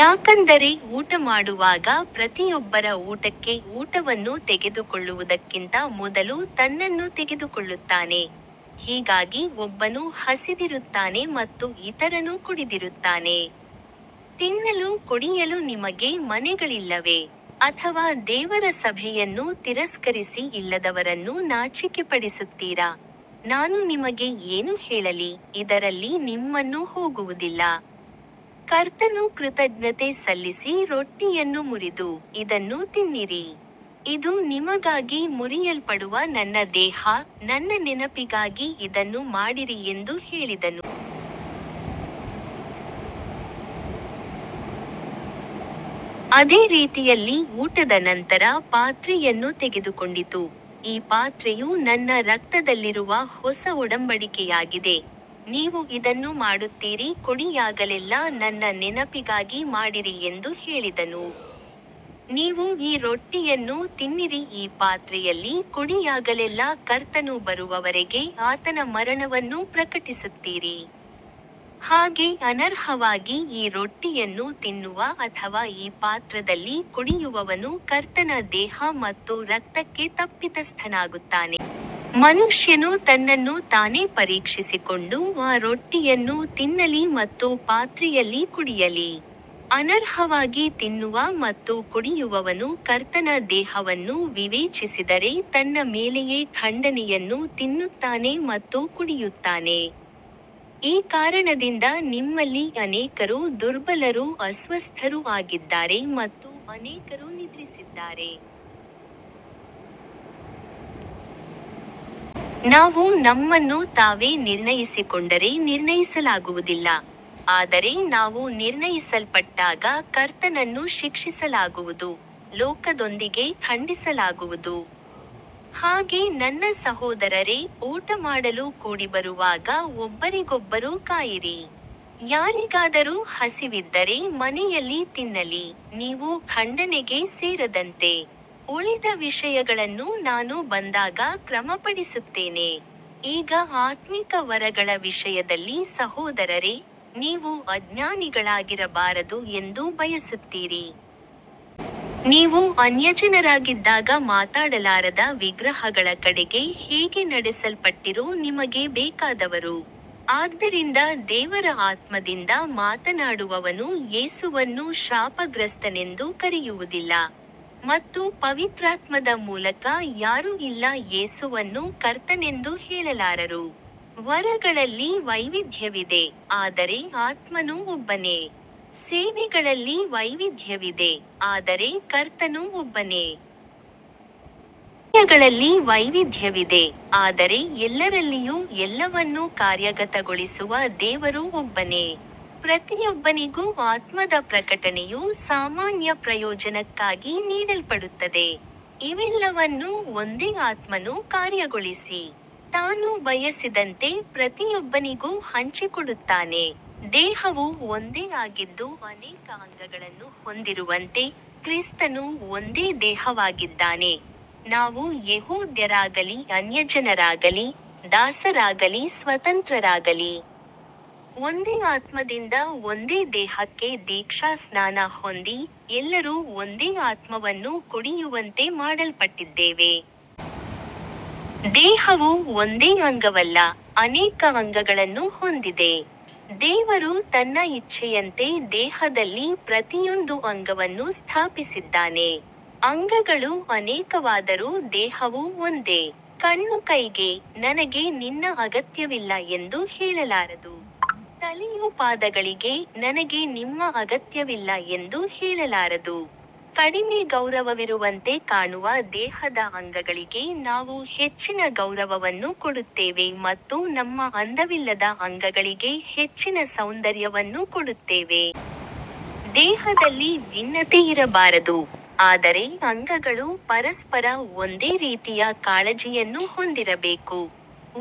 ಯಾಕಂದರೆ ಊಟಮಾಡುವಾಗ ಪ್ರತಿಯೊಬ್ಬನು ಇನ್ನೊಬ್ಬನಿಗಿಂತ ಮೊದಲು ತನ್ನ ಊಟವನ್ನು ತೆಗೆದುಕೊಳ್ಳುತ್ತಾನೆ, ಹೀಗಾಗಿ ಒಬ್ಬನು ಹಸಿದಿರುತ್ತಾನೆ ಮತ್ತು ಇನ್ನೊಬ್ಬನು ಕುಡಿದಿರುತ್ತಾನೆ. ತಿನ್ನಲು ಕುಡಿಯಲು ನಿಮಗೆ ಮನೆಗಳಿಲ್ಲವೇ, ಅಥವಾ ದೇವರ ಸಭೆಯನ್ನು ತಿರಸ್ಕರಿಸಿ ಇಲ್ಲದವರನ್ನು ನಾಚಿಕೆಪಡಿಸುತ್ತೀರಾ. ನಾನು ನಿಮಗೆ ಏನು ಹೇಳಲಿ, ಇದರಲ್ಲಿ ನಿಮ್ಮನ್ನು ಹೊಗಳುವುದಿಲ್ಲ. ಕರ್ತನು ಕೃತಜ್ಞತೆ ಸಲ್ಲಿಸಿ ರೊಟ್ಟಿಯನ್ನು ಮುರಿದು, ಇದನ್ನು ತೆಗೆದುಕೊಂಡು ತಿನ್ನಿರಿ, ಇದು ನಿಮಗಾಗಿ ಮುರಿಯಲ್ಪಡುವ ನನ್ನ ದೇಹ, ನನ್ನ ನೆನಪಿಗಾಗಿ ಇದನ್ನು ಮಾಡಿರಿ ಎಂದು ಹೇಳಿದನು. ಅದೇ ರೀತಿಯಲ್ಲಿ ಊಟದ ನಂತರ ಪಾತ್ರೆಯನ್ನು ತೆಗೆದುಕೊಂಡು, ಈ ಪಾತ್ರೆಯು ನನ್ನ ರಕ್ತದಲ್ಲಿರುವ ಹೊಸ ಒಡಂಬಡಿಕೆಯಾಗಿದೆ, ನೀವು ಇದನ್ನು ಕುಡಿಯುವಾಗಲೆಲ್ಲಾ ನನ್ನ ನೆನಪಿಗಾಗಿ ಮಾಡಿರಿ ಎಂದು ಹೇಳಿದನು. ನೀವು ಈ ರೊಟ್ಟಿಯನ್ನು ತಿನ್ನಿ ಈ ಪಾತ್ರೆಯಲ್ಲಿ ಕುಡಿಯುವಾಗಲೆಲ್ಲಾ ಕರ್ತನು ಬರುವವರೆಗೆ ಆತನ ಮರಣವನ್ನು ಪ್ರಕಟಿಸುತ್ತೀರಿ. ಆದ್ದರಿಂದ ಅನರ್ಹವಾಗಿ ಈ ರೊಟ್ಟಿಯನ್ನು ತಿನ್ನುವ ಅಥವಾ ಈ ಪಾತ್ರೆಯಲ್ಲಿ ಕುಡಿಯುವವನು ಕರ್ತನ ದೇಹ ಮತ್ತು ರಕ್ತಕ್ಕೆ ತಪ್ಪಿತಸ್ಥನಾಗುತ್ತಾನೆ. ಮನುಷ್ಯನು ತನ್ನನ್ನು ತಾನೇ ಪರೀಕ್ಷಿಸಿಕೊಂಡು ಆ ರೊಟ್ಟಿಯನ್ನು ತಿನ್ನಲಿ ಮತ್ತು ಪಾತ್ರೆಯಲ್ಲಿ ಕುಡಿಯಲಿ. ಅನರ್ಹವಾಗಿ ತಿನ್ನುವ ಮತ್ತು ಕುಡಿಯುವವನು ಕರ್ತನ ದೇಹವನ್ನು ವಿವೇಚಿಸದೆ ತನ್ನ ಮೇಲೆಯೇ ಖಂಡನೆಯನ್ನು ತಿನ್ನುತ್ತಾನೆ ಮತ್ತು ಕುಡಿಯುತ್ತಾನೆ. ಈ ಕಾರಣದಿಂದ ನಿಮ್ಮಲ್ಲಿ ಅನೇಕರು ದುರ್ಬಲರೂ ಅಸ್ವಸ್ಥರೂ ಆಗಿದ್ದಾರೆ ಮತ್ತು ಅನೇಕರು ನಿದ್ರಿಸಿದ್ದಾರೆ. ನಾವು ನಮ್ಮನ್ನು ತಾವೇ ನಿರ್ಣಯಿಸಿಕೊಂಡರೆ ನಿರ್ಣಯಿಸಲ್ಪಡುವುದಿಲ್ಲ, ಆದರೆ ನಾವು ನಿರ್ಣಯಿಸಲ್ಪಟ್ಟಾಗ ಕರ್ತನಿಂದ ಶಿಕ್ಷಿಸಲ್ಪಡುತ್ತೇವೆ, ಲೋಕದೊಂದಿಗೆ ಖಂಡಿಸಲ್ಪಡದಂತೆ. ಆದ್ದರಿಂದ ನನ್ನ ಸಹೋದರರೇ, ಊಟಮಾಡಲು ಕೂಡಿಬರುವಾಗ ಒಬ್ಬರಿಗೊಬ್ಬರು ಕಾಯಿರಿ. ಯಾರಿಗಾದರೂ ಹಸಿವಿದ್ದರೆ ಮನೆಯಲ್ಲಿ ತಿನ್ನಲಿ, ನೀವು ಖಂಡನೆಗೆ ಸೇರದಂತೆ. ಉಳಿದ ವಿಷಯಗಳನ್ನು ನಾನು ಬಂದಾಗ ಕ್ರಮಪಡಿಸುತ್ತೇನೆ. ಈಗ ಆತ್ಮಿಕ ವರಗಳ ವಿಷಯದಲ್ಲಿ ಸಹೋದರರೇ, ನೀವು ಅಜ್ಞಾನಿಗಳಾಗಿರಬಾರದು ಎಂದು ಬಯಸುತ್ತೇನೆ. ನೀವು ಅನ್ಯಜನರಾಗಿದ್ದಾಗ ಮಾತಾಡಲಾರದ ವಿಗ್ರಹಗಳ ಕಡೆಗೆ ಹೇಗೆ ನಡೆಸಲ್ಪಟ್ಟಿರೋ ನಿಮಗೆ ತಿಳಿದಿದೆ. ಆದ್ದರಿಂದ ದೇವರ ಆತ್ಮದಿಂದ ಮಾತನಾಡುವವನು ಯೇಸುವನ್ನು ಶಾಪಗ್ರಸ್ತನೆಂದು ಕರೆಯುವುದಿಲ್ಲ, ಮತ್ತು ಪವಿತ್ರಾತ್ಮದ ಮೂಲಕವಲ್ಲದೆ ಯಾರೂ ಯೇಸುವನ್ನು ಕರ್ತನೆಂದು ಹೇಳಲಾರರು. ವರಗಳಲ್ಲಿ ವೈವಿಧ್ಯವಿದೆ, ಆದರೆ ಆತ್ಮನು ಒಬ್ಬನೇ. ಸೇವೆಗಳಲ್ಲಿ ವೈವಿಧ್ಯವಿದೆ, ಆದರೆ ಕರ್ತನು ಒಬ್ಬನೇ. ಕಾರ್ಯಗಳಲ್ಲಿ ವೈವಿಧ್ಯವಿದೆ, ಆದರೆ ಎಲ್ಲರಲ್ಲಿಯೂ ಎಲ್ಲವನ್ನೂ ಕಾರ್ಯಗತಗೊಳಿಸುವ ದೇವರು ಒಬ್ಬನೇ. ಪ್ರತಿಯೊಬ್ಬನಿಗೂ ಆತ್ಮದ ಪ್ರಕಟಣೆಯು ಸಾಮಾನ್ಯ ಪ್ರಯೋಜನಕ್ಕಾಗಿ ನೀಡಲ್ಪಡುತ್ತದೆ. ಇವೆಲ್ಲವನ್ನೂ ಒಂದೇ ಆತ್ಮನು ಕಾರ್ಯಗೊಳಿಸಿ, ತಾನು ಬಯಸಿದಂತೆ ಪ್ರತಿಯೊಬ್ಬನಿಗೂ ಹಂಚಿಕೊಡುತ್ತಾನೆ. ದೇಹವು ಒಂದೇ ಆಗಿದ್ದು ಅನೇಕ ಅಂಗಗಳನ್ನು ಹೊಂದಿರುವಂತೆ, ಕ್ರಿಸ್ತನೂ ಒಂದೇ ದೇಹವಾಗಿದ್ದಾನೆ. ನಾವು ಯೆಹೂದ್ಯರಾಗಲಿ ಅನ್ಯಜನರಾಗಲಿ, ದಾಸರಾಗಲಿ ಸ್ವತಂತ್ರರಾಗಲಿ, ಒಂದೇ ಆತ್ಮದಿಂದ ಒಂದೇ ದೇಹಕ್ಕೆ ದೀಕ್ಷಾಸ್ನಾನ ಹೊಂದಿ, ಎಲ್ಲರೂ ಒಂದೇ ಆತ್ಮವನ್ನು ಕುಡಿಯುವಂತೆ ಮಾಡಲ್ಪಟ್ಟಿದ್ದೇವೆ. ದೇಹವು ಒಂದೇ ಅಂಗವಲ್ಲ, ಅನೇಕ ಅಂಗಗಳನ್ನು ಹೊಂದಿದೆ. ದೇವರು ತನ್ನ ಇಚ್ಛೆಯಂತೆ ದೇಹದಲ್ಲಿ ಪ್ರತಿಯೊಂದು ಅಂಗವನ್ನು ಸ್ಥಾಪಿಸಿದ್ದಾನೆ. ಅಂಗಗಳು ಅನೇಕವಾದರೂ ದೇಹವು ಒಂದೇ. ಕಣ್ಣು ಕೈಗೆ, ನನಗೆ ನಿನ್ನ ಅಗತ್ಯವಿಲ್ಲ ಎಂದು ಹೇಳಲಾರದು, ತಲೆಯೂ ಪಾದಗಳಿಗೆ, ನನಗೆ ನಿಮ್ಮ ಅಗತ್ಯವಿಲ್ಲ ಎಂದು ಹೇಳಲಾರದು. ಕಡಿಮೆ ಗೌರವವಿರುವಂತೆ ಕಾಣುವ ದೇಹದ ಅಂಗಗಳಿಗೆ ನಾವು ಹೆಚ್ಚಿನ ಗೌರವವನ್ನು ಕೊಡುತ್ತೇವೆ ಮತ್ತು ನಮ್ಮ ಅಂದವಿಲ್ಲದ ಅಂಗಗಳಿಗೆ ಹೆಚ್ಚಿನ ಸೌಂದರ್ಯವನ್ನು ಕೊಡುತ್ತೇವೆ. ದೇಹದಲ್ಲಿ ಭಿನ್ನತೆ ಇರಬಾರದು, ಆದರೆ ಅಂಗಗಳು ಪರಸ್ಪರ ಒಂದೇ ರೀತಿಯ ಕಾಳಜಿಯನ್ನು ಹೊಂದಿರಬೇಕು.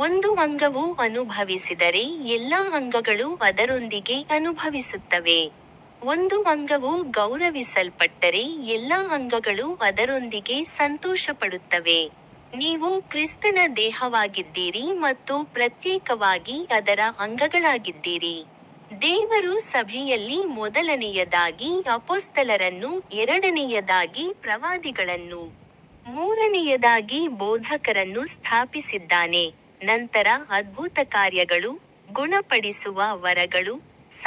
ಒಂದು ಅಂಗವು ಅನುಭವಿಸಿದರೆ ಎಲ್ಲಾ ಅಂಗಗಳು ಅದರೊಂದಿಗೆ ಅನುಭವಿಸುತ್ತವೆ, ಒಂದು ಅಂಗವು ಗೌರವಿಸಲ್ಪಟ್ಟರೆ ಎಲ್ಲಾ ಅಂಗಗಳು ಅದರೊಂದಿಗೆ ಸಂತೋಷಪಡುತ್ತವೆ. ನೀವು ಕ್ರಿಸ್ತನ ದೇಹವಾಗಿದ್ದೀರಿ ಮತ್ತು ಪ್ರತ್ಯೇಕವಾಗಿ ಅದರ ಅಂಗಗಳಾಗಿದ್ದೀರಿ. ದೇವರು ಸಭೆಯಲ್ಲಿ ಮೊದಲನೆಯದಾಗಿ ಅಪೊಸ್ತಲರನ್ನು, ಎರಡನೆಯದಾಗಿ ಪ್ರವಾದಿಗಳನ್ನು, ಮೂರನೆಯದಾಗಿ ಬೋಧಕರನ್ನು ಸ್ಥಾಪಿಸಿದ್ದಾನೆ, ನಂತರ ಅದ್ಭುತಕಾರ್ಯಗಳು, ಗುಣಪಡಿಸುವ ವರಗಳು,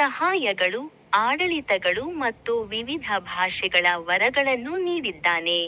ಸಹಾಯಗಳು, ಆಡಳಿತಗಳು ಮತ್ತು ವಿವಿಧ ಭಾಷೆಗಳ ವರಗಳನ್ನು ನೀಡಿದ್ದಾನೆ.